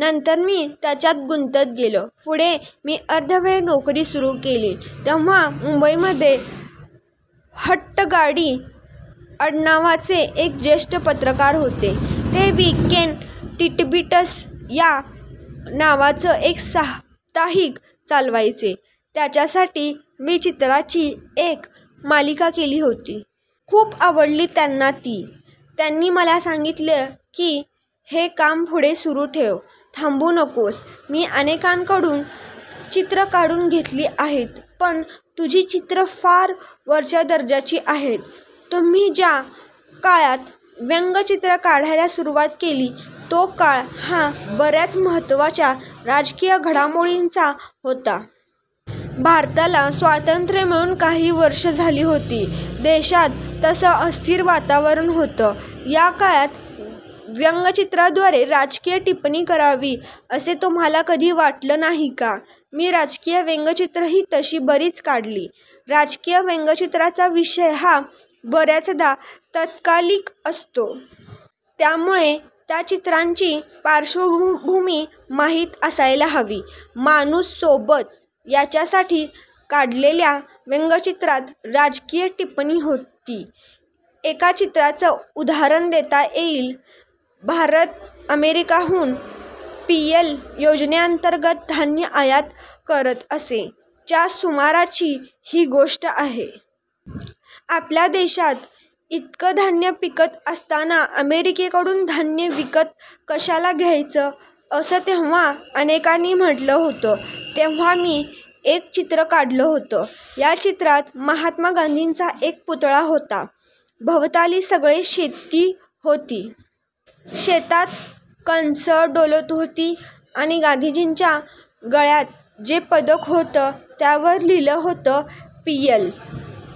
नंतर मी त्यांच्यात गुंतत गेलो. पुढे मी अर्धवेळ नोकरी सुरू केली. तेव्हा मुंबईमध्ये हट्टंगडी आडनावाचे एक ज्येष्ठ पत्रकार होते. ते 'वीकेंड टिटबिट्स' या नावाचं एक साप्ताहिक चालवायचे. त्यांच्यासाठी मी चित्रांची एक मालिका केली होती. खूप आवडली त्यांना ती. त्यांनी मला सांगितलं की, 'हे काम पुढे सुरू ठेव, थांबू नकोस. मी अनेकांकडून चित्रं काढून घेतली आहेत, पण तुझी चित्रं फार वरच्या दर्जाची आहेत'. तुम्ही ज्या काळात व्यंग्यचित्रं काढायला सुरुवात केली, तो काळ हा बर्याच महत्त्वाच्या राजकीय घडामोडींचा होता. भारताला स्वातंत्र्य मिळून काही वर्षं झाली होती. देशात तसं अस्थिर वातावरण होतं. या काळात व्यंग्यचित्रांद्वारे राजकीय टिप्पणी करावी, असं तुम्हाला कधी वाटलं नाही का? मी राजकीय व्यंग्यचित्रंही तशी बरीच काढली. राजकीय व्यंग्यचित्रांचा विषय हा बरेचदा तात्कालिक असतो. त्यामुळे त्या चित्रांची पार्श्वभूमी माहीत असायला हवी. 'माणूस', 'सोबत' यांच्यासाठी काढलेल्या व्यंग्यचित्रांत राजकीय टिप्पणी होती. एका चित्राचं उदाहरण देता येईल. भारत अमेरिकेहून पीएल योजनेअंतर्गत धान्य आयात करत असे. च्या सुमाराची ही गोष्ट आहे. आपल्या देशात इतकं धान्य पिकत असताना अमेरिकेकडून धान्य विकत कशाला घ्यायचं, असं तेव्हा अनेकांनी म्हटलं होतं. तेव्हा मी एक चित्र काढलं होतं. या चित्रात महात्मा गांधींचा एक पुतळा होता. भवताली सगळी शेती होती. शेतात कणसं डोलत होती, आणि गांधीजींच्या गळ्यात जे पदक होतं, त्यावर लिहिलं होतं पीएल.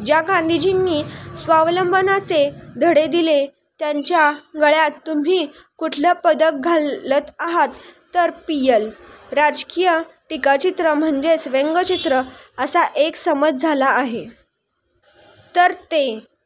ज्या गांधीजींनी स्वावलंबनाचे धडे दिले, त्यांच्या गळ्यात तुम्ही कुठलं पदक घालता आहात? तर पीएल. राजकीय टीकाचित्र म्हणजेच व्यंग्यचित्र, असा एक समज झाला आहे. तर ते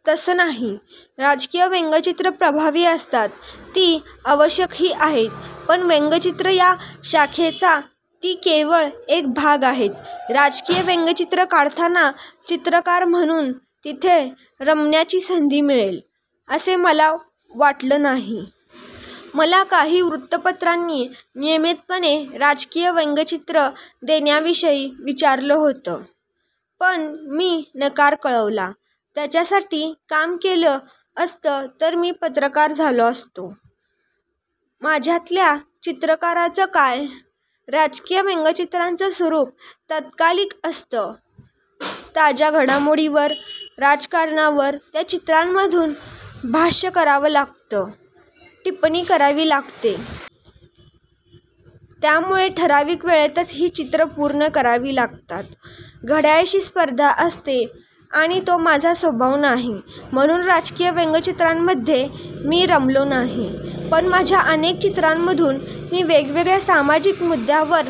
तसं नाही. राजकीय व्यंग्यचित्रं प्रभावी असतात, ती आवश्यकही आहेत, पण व्यंग्यचित्र या शाखेचा ती केवळ एक भाग आहेत. राजकीय व्यंग्यचित्रं काढताना चित्रकार म्हणून तिथे रमण्याची संधी मिळेल, असं मला वाटलं नाही. मला काही वृत्तपत्रांनी नियमितपणे राजकीय व्यंग्यचित्रं देण्याविषयी विचारलं होतं. पण मी नकार कळवला. त्यांच्यासाठी काम केलं असतं तर मी पत्रकार झालो असतो. माझ्यातल्या चित्रकाराचं काय? राजकीय व्यंग्यचित्रांचं स्वरूप तात्कालिक असतं. ताज्या घडामोडींवर, राजकारणावर त्या चित्रांमधून भाष्य करावं लागतं, टिप्पणी करावी लागते. त्यामुळे ठरावीक वेळेतच ही चित्रं पूर्ण करावी लागतात. घड्याळाशी स्पर्धा असते, आणि तो माझा स्वभाव नाही. म्हणून राजकीय व्यंग्यचित्रांमध्ये मी रमलो नाही. पण माझ्या अनेक चित्रांमधून मी वेगवेगळ्या सामाजिक मुद्द्यांवर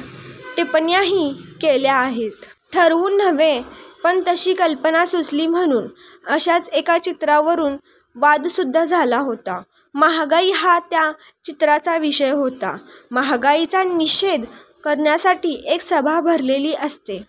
टिप्पण्याही केल्या आहेत. ठरवून नव्हे, पण तशी कल्पना सुचली म्हणून. अशाच एका चित्रावरून वादसुद्धा झाला होता. महागाई हा त्या चित्राचा विषय होता. महागाईचा निषेध करण्यासाठी एक सभा भरलेली असते.